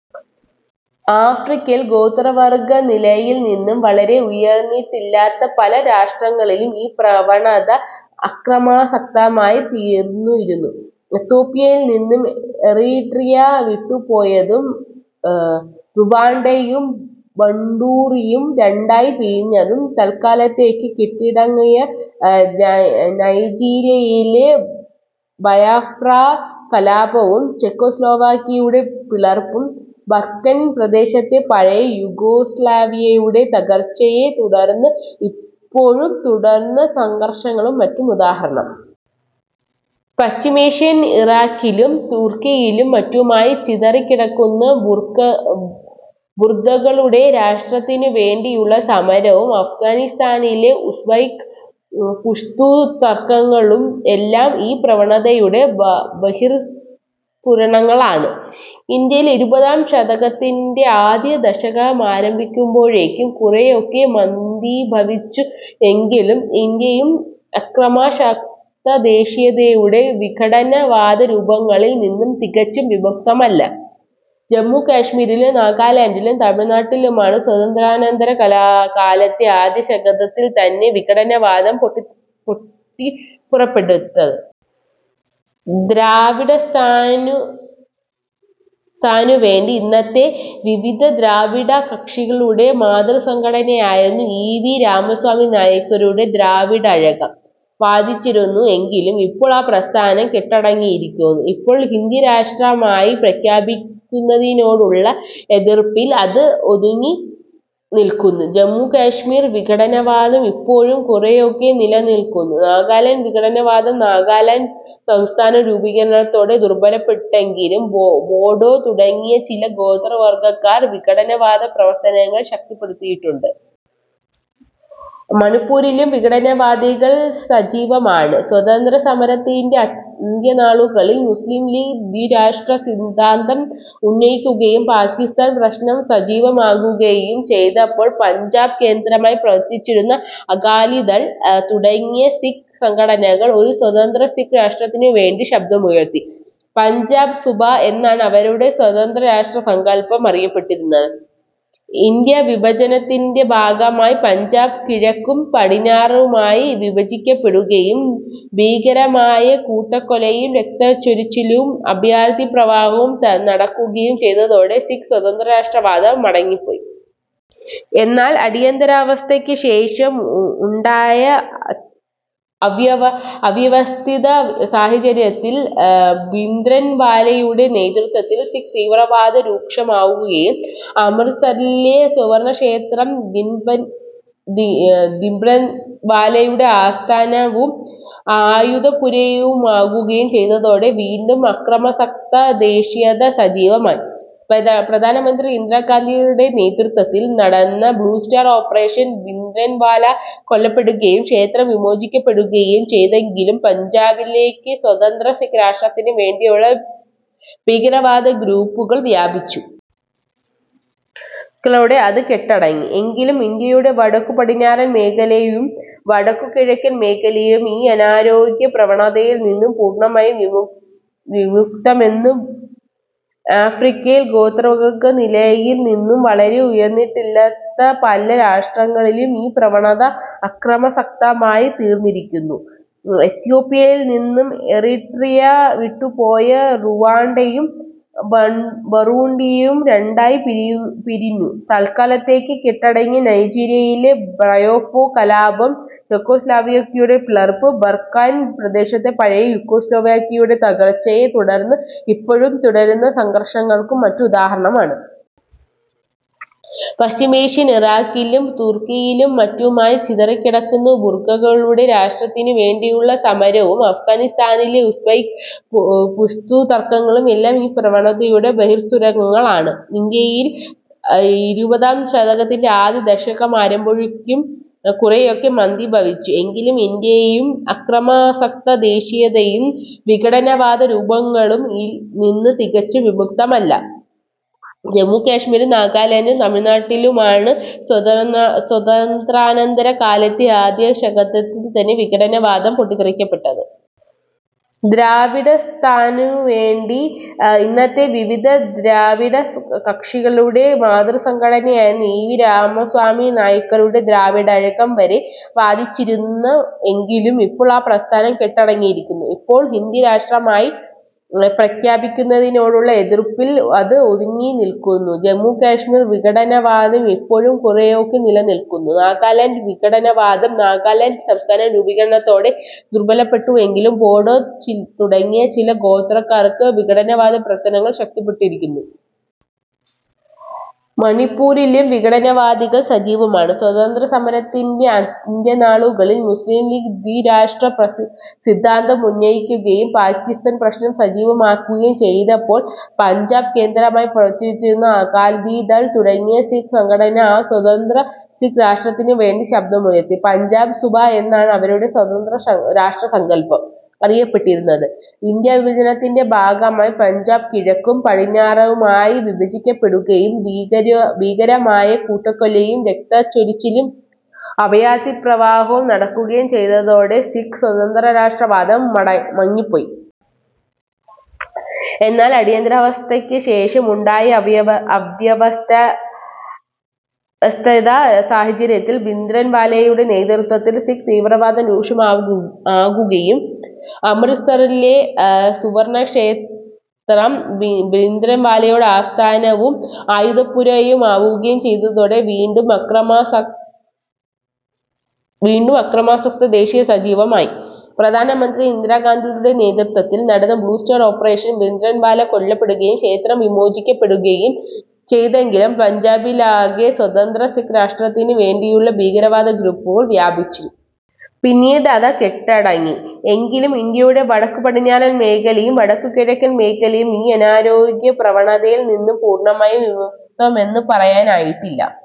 ആഫ്രിക്കയിൽ ഗോത്രവർഗനിലയിൽ നിന്നും വളരെ ഉയർന്നിട്ടില്ലാത്ത പല രാഷ്ട്രങ്ങളിലും ഈ പ്രവണത അക്രമാസക്തമായി തീർന്നിരരുന്നു. എത്യോപ്യയിൽ നിന്ന് എറിട്രിയ വിട്ടുപോയതും റുവാണ്ടയും ബണ്ടൂരിയും രണ്ടായി പിരിഞ്ഞതും, തൽക്കാലത്തേക്ക് കെട്ടടങ്ങിയ നൈജീരിയയിലെ ബയാഫ്രാ കലാപവും ചെക്കസ്ലോവാക്കിയയുടെ പിളർപ്പും, ബാൾക്കൻ പ്രദേശത്തെ പഴയ യുഗോസ്ലോവ്യയുടെ തകർച്ചയെ തുടർന്ന് ഇപ്പോഴും തുടരുന്ന സംഘർഷങ്ങളും മറ്റും ഉദാഹരണം. പശ്ചിമേഷ്യൻ ഇറാഖിലും തുർക്കിയിലും മറ്റുമായി ചിതറിക്കിടക്കുന്ന ഖുർദുകളുടെ രാഷ്ട്രത്തിനു വേണ്ടിയുള്ള സമരവും അഫ്ഘാനിസ്താനിലെ ഉസ്ബെക്ക്, പുഷ്തു തർക്കങ്ങളും എല്ലാം ഈ പ്രവണതയുടെ ബഹിർസ്ഫുരണങ്ങളാണ്. ഇന്ത്യയിൽ ഇരുപതാം ശതകത്തിന്റെ ആദ്യ ദശകമാരംഭിക്കുമ്പോഴേക്കും കുറെയൊക്കെ മന്ദീഭവിച്ചു എങ്കിലും ഇന്ത്യയും അക്രമാസക്തദേശീയതയുടെ വിഘടനവാദ രൂപങ്ങളിൽ നിന്ന് തികച്ചും വിമുക്തമല്ല. ജമ്മുകാശ്മീരിലും നാഗാലൻഡിലും തമിഴ്നാട്ടിലുമാണ് സ്വാതന്ത്ര്യാനന്തര കാലത്തെ ആദ്യദശകത്തിൽ തന്നെ വിഘടനവാദം പൊട്ടിപ്പുറപ്പെട്ടത്. ദ്രാവിഡസ്ഥാനു സ്ഥാനുവേണ്ടി ഇന്നത്തെ വിവിധ ദ്രാവിഡകക്ഷികളുടെ മാതൃസംഘടനയായിരുന്ന ഇ. വി. രാമസ്വാമി നായ്ക്കരുടെ ദ്രാവിഡഅഴകം വാദിച്ചിരുന്നു എങ്കിലും ഇപ്പോൾ ആ പ്രസ്ഥാനം കെട്ടടങ്ങിയിരിക്കുന്നു. ഇപ്പോൾ ഹിന്ദി രാഷ്ട്രഭാഷയായി പ്രഖ്യാപിക്കുന്നതിനോടുള്ള എതിർപ്പിൽ അത് ഒതുങ്ങിനിൽക്കുന്നു. ജമ്മുകാശ്മീരിൽ വിഘടനവാദം ഇപ്പോഴും കുറെയൊക്കെ നിലനിൽക്കുന്നു. നാഗാലൻഡ് വിഘടനവാദം നാഗാലാൻഡ് സംസ്ഥാന രൂപീകരണത്തോടെ ദുർബലപ്പെട്ടെങ്കിലും ബോഡോ തുടങ്ങിയ ചില ഗോത്രവർഗക്കാർ വിഘടനവാദ പ്രവർത്തനങ്ങൾ ശക്തിപ്പെടുത്തിയിട്ടുണ്ട്. മണിപ്പൂരിലും വിഘടനവാദികൾ സജീവമാണ്. സ്വാതന്ത്ര്യസമരത്തിന്റെ അന്ത്യനാളുകളിൽ മുസ്ലീംലീഗ് ദ്വിരാഷ്ട്ര സിന്താന്തം ഉന്നയിക്കുകയും പാകിസ്താൻ പ്രശ്നം സജീവമാക്കുകയും ചെയ്തപ്പോൾ പഞ്ചാബ് കേന്ദ്രമായി പ്രവർത്തിച്ചിരുന്ന അകാലിദൾ തുടങ്ങിയ സിക്ക് സംഘടനകൾ ഒരു സ്വതന്ത്ര സിക്ക് രാഷ്ട്രത്തിനുവേണ്ടി ശബ്ദമുയർത്തി. പഞ്ചാബ് സുബ എന്നാണ് അവരുടെ സ്വതന്ത്രരാഷ്ട്രസങ്കല്പം അറിയപ്പെട്ടിരുന്നത്. ഇന്ത്യാവിഭജനത്തിന്റെ ഭാഗമായി പഞ്ചാബ് കിഴക്കും പടിഞ്ഞാറുമായി വിഭജിക്കപ്പെടുകയും ഭീകരമായ കൂട്ടക്കൊലയും രക്തച്ചൊരിച്ചിലും അഭയാർഥി പ്രവാഹവും നടക്കുകയും ചെയ്തതോടെ സിക്ക് സ്വതന്ത്രരാഷ്ട്രവാദം മടങ്ങിപ്പോയി. എന്നാൽ അടിയന്തരാവസ്ഥക്ക് ശേഷം ഉണ്ടായ അവ്യവസ്ഥിത സാഹചര്യത്തിൽ ഭിന്ദ്രൻവാലയുടെ നേതൃത്വത്തിൽ സിക്ക് തീവ്രവാദം രൂക്ഷമാവുകയും അമൃതസരസ്സിലെ സുവർണക്ഷേത്രം ഭിന്ദ്രൻവാലയുടെ ആസ്ഥാനവും ആയുധപ്പുരയുമാവുകയും ചെയ്തതോടെ വീണ്ടും അക്രമാസക്ത ദേശീയത സജീവമായി. പ്രധാനമന്ത്രി ഇന്ദിരാഗാന്ധിയുടെ നേതൃത്വത്തിൽ നടന്ന ബ്ളൂസ്റ്റാർ ഓപ്പറേഷനിൽ ഭിന്ദ്രൻവാല കൊല്ലപ്പെടുകയും ക്ഷേത്രം വിമോചിക്കപ്പെടുകയും ചെയ്തെങ്കിലും പഞ്ചാബിലാകെ സ്വതന്ത്ര സിക്ക് രാഷ്ട്രത്തിന് വേണ്ടിയുള്ള ഭീകരവാദ ഗ്രൂപ്പുകൾ വ്യാപിച്ചു. -കളോടെ അത് കെട്ടടങ്ങി. എങ്കിലും ഇന്ത്യയുടെ വടക്കു പടിഞ്ഞാറൻ മേഖലയും വടക്കു കിഴക്കൻ മേഖലയും ഈ അനാരോഗ്യ പ്രവണതയിൽ നിന്ന് പൂർണമായി വിമുക്തമെന്നു ആഫ്രിക്കയിൽ ഗോത്രവർഗനിലയിൽ നിന്നും വളരെ ഉയർന്നിട്ടില്ലാത്ത പല രാഷ്ട്രങ്ങളിലും ഈ പ്രവണത അക്രമസക്തമായി തീർന്നിരിക്കുന്നു. എത്യോപ്യയിൽ നിന്ന് എറിട്രിയ വിട്ടുപോയ റുവാണ്ടയും ബറൂണ്ടിയും രണ്ടായി പിരിഞ്ഞ, തൽക്കാലത്തേക്ക് കെട്ടടങ്ങിയ നൈജീരിയയിലെ ബയാഫു കലാപവും ചെക്കസ്ലോവാക്കിയയുടെ പിളർപ്പും, ബാൾക്കൻ പ്രദേശത്തെ പഴയ യുഗോസ്ലോവ്യയുടെ തകർച്ചയെ തുടർന്ന് ഇപ്പോഴും തുടരുന്ന സംഘർഷങ്ങൾക്കു മറ്റും ഉദാഹരണമാണ്. പശ്ചിമേഷ്യയിൽ ഇറാഖിലും തുർക്കിയിലും മറ്റുമായി ചിതറിക്കിടക്കുന്ന ഖുർദുകളുടെ രാഷ്ട്രത്തിനു വേണ്ടിയുള്ള സമരവും അഫ്ഘാനിസ്താനിലെ ഉസ്ബെക്ക്, പുഷ്തു തർക്കങ്ങളും എല്ലാം ഈ പ്രവണതയുടെ ബഹിർസ്ഫുരണങ്ങളാണ്. ഇന്ത്യയിൽ ഇരുപതാം ശതകത്തിന്റെ ആദ്യ ദശകമാരംഭിക്കുമ്പോഴേക്കും കുറെയൊക്കെ മന്ദീഭവിച്ചു എങ്കിലും ഇന്ത്യയും അക്രമാസക്തദേശീയതയും വിഘടനവാദ രൂപങ്ങളിൽ നിന്ന് തികച്ചും വിമുക്തമല്ല. ജമ്മുകാശ്മീരിലും നാഗാലൻഡിലും തമിഴ്നാട്ടിലുമാണ് സ്വത സ്വാതന്ത്ര്യാനന്തര കാലത്തെ ആദ്യദശകത്തിൽ തന്നെ വിഘടനവാദം പൊട്ടിതെറിക്കപ്പെട്ടത്. ദ്രാവിഡസ്ഥാനുവേണ്ടി ഇന്നത്തെ വിവിധ ദ്രാവിഡകക്ഷികളുടെ മാതൃസംഘടനയായിരുന്ന ഇ. വി. രാമസ്വാമി നായ്ക്കരുടെ ദ്രാവിഡകഴകം വരെ വാദിച്ചിരുന്നു എങ്കിലും ഇപ്പോൾ ആ പ്രസ്ഥാനം കെട്ടടങ്ങിയിരിക്കുന്നു. ഇപ്പോൾ ഹിന്ദി രാഷ്ട്രമായി പ്രഖ്യാപിക്കുന്നതിനോടുള്ള എതിർപ്പിൽ അത് ഒതുങ്ങിനിൽക്കുന്നു. ജമ്മുകാശ്മീരിൽ വിഘടനവാദം ഇപ്പോഴും കുറെയൊക്കെ നിലനിൽക്കുന്നു. നാഗാലൻഡ് വിഘടനവാദം നാഗാലാൻഡ് സംസ്ഥാന രൂപീകരണത്തോടെ ദുർബലപ്പെട്ടു എങ്കിലും ബോഡോ തുടങ്ങിയ ചില ഗോത്രവർഗക്കാർ വിഘടനവാദ പ്രവർത്തനങ്ങൾ ശക്തിപ്പെടുത്തിയിരിക്കുന്നു. മണിപ്പൂരിലും വിഘടനവാദികൾ സജീവമാണ്. സ്വാതന്ത്ര്യസമരത്തിന്റെ അന്ത്യനാളുകളിൽ മുസ്ലീംലീഗ് ദ്വിരാഷ്ട്ര സിദ്ധാന്തം ഉന്നയിക്കുകയും പാകിസ്താൻ പ്രശ്നം സജീവമാക്കുകയും ചെയ്തപ്പോൾ പഞ്ചാബ് കേന്ദ്രമായി പ്രവർത്തിച്ചിരുന്ന അകാലിദൾ തുടങ്ങിയ സിക്ക് സംഘടനകൾ ഒരു സ്വതന്ത്ര സിക്ക് രാഷ്ട്രത്തിനുവേണ്ടി ശബ്ദമുയർത്തി. പഞ്ചാബ് സുബ എന്നാണ് അവരുടെ സ്വതന്ത്രരാഷ്ട്രസങ്കല്പം അറിയപ്പെട്ടിരുന്നത്. ഇന്ത്യാവിഭജനത്തിന്റെ ഭാഗമായി പഞ്ചാബ് കിഴക്കും പടിഞ്ഞാറുമായി വിഭജിക്കപ്പെടുകയും ഭീകര ഭീകരമായ കൂട്ടക്കൊലയും രക്തച്ചൊരിച്ചിലും അഭയാർഥി പ്രവാഹവും നടക്കുകയും ചെയ്തതോടെ സിക്ക് സ്വതന്ത്രരാഷ്ട്രവാദംമട മങ്ങിപ്പോയി. എന്നാൽ അടിയന്തരാവസ്ഥക്ക് ശേഷം ഉണ്ടായ അവ്യവസ്ഥിത സാഹചര്യത്തിൽ ഭിന്ദ്രൻവാലയുടെ നേതൃത്വത്തിൽ സിക്ക് തീവ്രവാദം രൂക്ഷമാവുകയും അമൃതസരിലെ സുവർണക്ഷേത്രം ഭിന്ദ്രൻവാലയുടെ ആസ്ഥാനവും ആയുധപ്പുരയുമാവുകയും ചെയ്തതോടെ വീണ്ടും അക്രമാസക്ത ദേശീയത സജീവമായി. പ്രധാനമന്ത്രി ഇന്ദിരാഗാന്ധിയുടെ നേതൃത്വത്തിൽ നടന്ന ബ്ളൂസ്റ്റാർ ഓപ്പറേഷനിൽ ഭിന്ദ്രൻവാല കൊല്ലപ്പെടുകയും ക്ഷേത്രം വിമോചിക്കപ്പെടുകയും ചെയ്തെങ്കിലും പഞ്ചാബിലാകെ സ്വതന്ത്ര സിക്ക് രാഷ്ട്രത്തിന് വേണ്ടിയുള്ള ഭീകരവാദ ഗ്രൂപ്പുകൾ വ്യാപിച്ചു. പിന്നീട് അത് കെട്ടടങ്ങി. എങ്കിലും ഇന്ത്യയുടെ വടക്കു പടിഞ്ഞാറൻ മേഖലയും വടക്കു കിഴക്കൻ മേഖലയും ഈ അനാരോഗ്യ പ്രവണതയിൽ നിന്ന് പൂർണമായി വിമുക്തമെന്നു പറയാറായിട്ടില്ല.